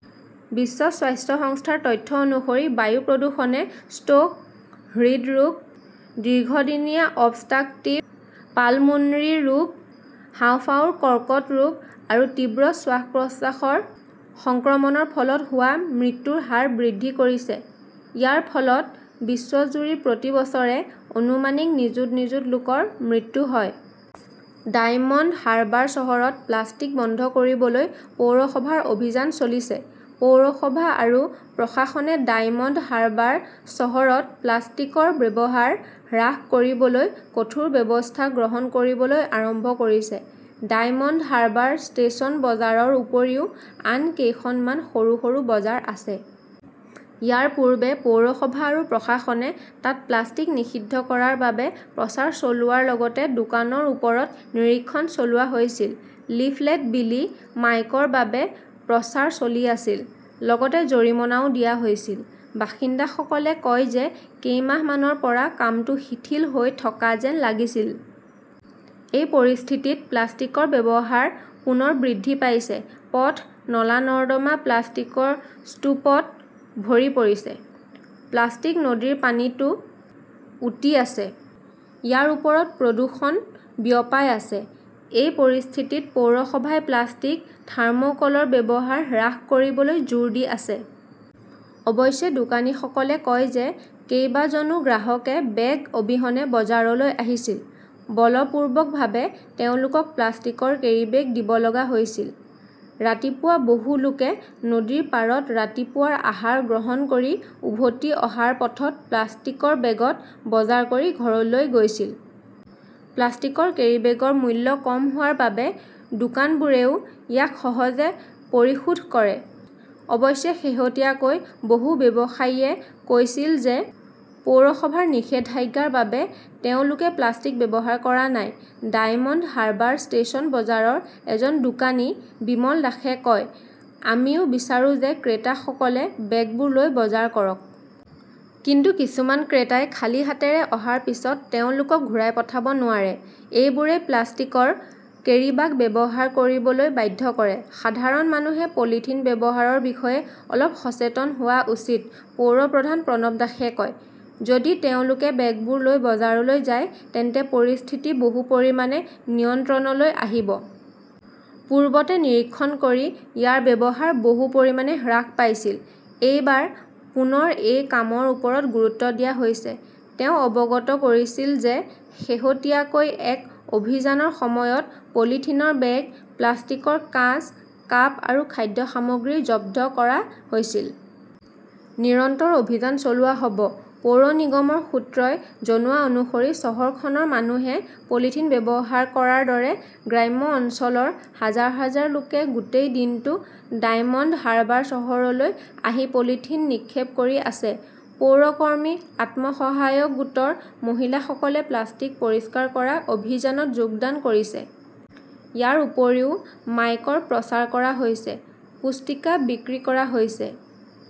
বিশ্ব স্বাস্থ্য সংস্থাৰ তথ্য অনুসৰি, বায়ু প্ৰদূষণে ষ্ট্ৰোক, হৃদৰোগ, দীৰ্ঘদিনীয়া অবষ্ট্ৰাকটিভ পালমোনৰী ৰোগ, হাঁওফাঁওৰ কৰ্কট ৰোগ আৰু তীব্ৰ শ্বাস-প্ৰশ্বাসৰ সংক্ৰমণৰ ফলত হোৱা মৃত্যুৰ হাৰ বৃদ্ধি কৰিছে। ইয়াৰ ফলত বিশ্বজুৰি প্ৰতি বছৰে আনুমানিক নিযুত নিযুত লোকৰ মৃত্যু হয়। ডাইমণ্ড হাৰ্বাৰ চহৰত প্লাষ্টিক বন্ধ কৰিবলৈ পৌৰসভাৰ অভিযান চলিছে। পৌৰসভা আৰু প্ৰশাসনে ডায়মণ্ড হাৰ্বাৰ চহৰত প্লাষ্টিকৰ ব্যৱহাৰ হ্ৰাস কৰিবলৈ কঠোৰ ব্যৱস্থা গ্ৰহণ কৰিবলৈ আৰম্ভ কৰিছে। ডাইমণ্ড হাৰ্বাৰ ষ্টেচন বজাৰৰ উপৰিও আন কেইখনমান সৰু সৰু বজাৰ আছে। ইয়াৰ পূৰ্বে পৌৰসভা আৰু প্ৰশাসনে তাত প্লাষ্টিক নিষিদ্ধ কৰাৰ বাবে প্ৰচাৰ চলোৱাৰ লগতে দোকানৰ ওপৰত নিৰীক্ষণ চলোৱা হৈছিল। লিফলেট বিলি, মাইকৰ বাবে প্ৰচাৰ চলি আছিল। লগতে জৰিমনাও দিয়া হৈছিল। বাসিন্দাসকলে কয় যে কেইমাহমানৰ পৰা কামটো শিথিল হৈ থকা যেন লাগিছিল। এই পৰিস্থিতিত প্লাষ্টিকৰ ব্যৱহাৰ পুনৰ বৃদ্ধি পাইছে। পথ, নলা-নৰ্দমা প্লাষ্টিকৰ স্তূপত ভৰি পৰিছে। প্লাষ্টিক নদীৰ পানীতো উটি আছে। ইয়াৰ ওপৰত প্ৰদূষণ বিয়পাই আছে। এই পৰিস্থিতিত পৌৰসভাই প্লাষ্টিক, থাৰ্ম'কলৰ ব্যৱহাৰ হ্ৰাস কৰিবলৈ জোৰ দি আছে। অৱশ্যে, দোকানীসকলে কয় যে কেইবাজনো গ্ৰাহকে বেগ অবিহনে বজাৰলৈ আহিছিল। বলপূৰ্বকভাৱে তেওঁলোকক প্লাষ্টিকৰ কেৰীবেগ দিব লগা হৈছিল। ৰাতিপুৱা বহু লোকে নদীৰ পাৰত ৰাতিপুৱাৰ আহাৰ গ্ৰহণ কৰি উভতি অহাৰ পথত প্লাষ্টিকৰ বেগত বজাৰ কৰি ঘৰলৈ গৈছিল। প্লাষ্টিকৰ কেৰিবেগৰ মূল্য কম হোৱাৰ বাবে দোকানবোৰেও ইয়াক সহজে পৰিশোধ কৰে। অৱশ্যে, শেহতীয়াকৈ বহু ব্যৱসায়ীয়ে কৈছিল যে পৌৰসভাৰ নিষেধাজ্ঞাৰ বাবে তেওঁলোকে প্লাষ্টিক ব্যৱহাৰ কৰা নাই। ডাইমণ্ড হাৰ্বাৰ ষ্টেচন বজাৰৰ এজন দোকানী বিমল দাসে কয়, "আমিও বিচাৰো যে ক্ৰেতাসকলে বেগবোৰ লৈ বজাৰ কৰক। কিন্তু কিছুমান ক্ৰেতাই খালী হাতেৰে অহাৰ পিছত তেওঁলোকক ঘূৰাই পঠাব নোৱাৰে। এইবোৰেই প্লাষ্টিকৰ কেৰিবাগ ব্যৱহাৰ কৰিবলৈ বাধ্য কৰে। "সাধাৰণ মানুহে পলিথিন ব্যৱহাৰৰ বিষয়ে অলপ সচেতন হোৱা উচিত", পৌৰ প্ৰধান প্ৰণৱ দাসে কয়। যদি তেওঁলোকে বেগবোৰ লৈ বজাৰলৈ যায় তেন্তে পৰিস্থিতি বহু পৰিমাণে নিয়ন্ত্ৰণলৈ আহিব। পূৰ্বতে নিৰীক্ষণ কৰি ইয়াৰ ব্যৱহাৰ বহু পৰিমাণে হ্ৰাস পাইছিল। এইবাৰ পুনৰ এই কামৰ ওপৰত গুৰুত্ব দিয়া হৈছে। তেওঁ অৱগত কৰিছিল যে শেহতীয়াকৈ এক অভিযানৰ সময়ত পলিথিনৰ বেগ, প্লাষ্টিকৰ কাঁচ, কাপ আৰু খাদ্য সামগ্ৰী জব্দ কৰা হৈছিল। নিৰন্তৰ অভিযান চলোৱা হ'ব। পৌৰ নিগমৰ সূত্ৰই জনোৱা অনুসৰি চহৰখনৰ মানুহে পলিথিন ব্যৱহাৰ কৰাৰ দৰে গ্ৰাম্য অঞ্চলৰ হাজাৰ হাজাৰ লোকে গোটেই দিনটো ডায়মণ্ড হাৰ্বাৰ চহৰলৈ আহি পলিথিন নিক্ষেপ কৰি আছে। পৌৰ কৰ্মী, আত্মসহায়ক গোটৰ মহিলাসকলে প্লাষ্টিক পৰিষ্কাৰ কৰা অভিযানত যোগদান কৰিছে। ইয়াৰ উপৰিও, মাইকৰ প্ৰচাৰ কৰা হৈছে, পুস্তিকা বিক্ৰী কৰা হৈছে।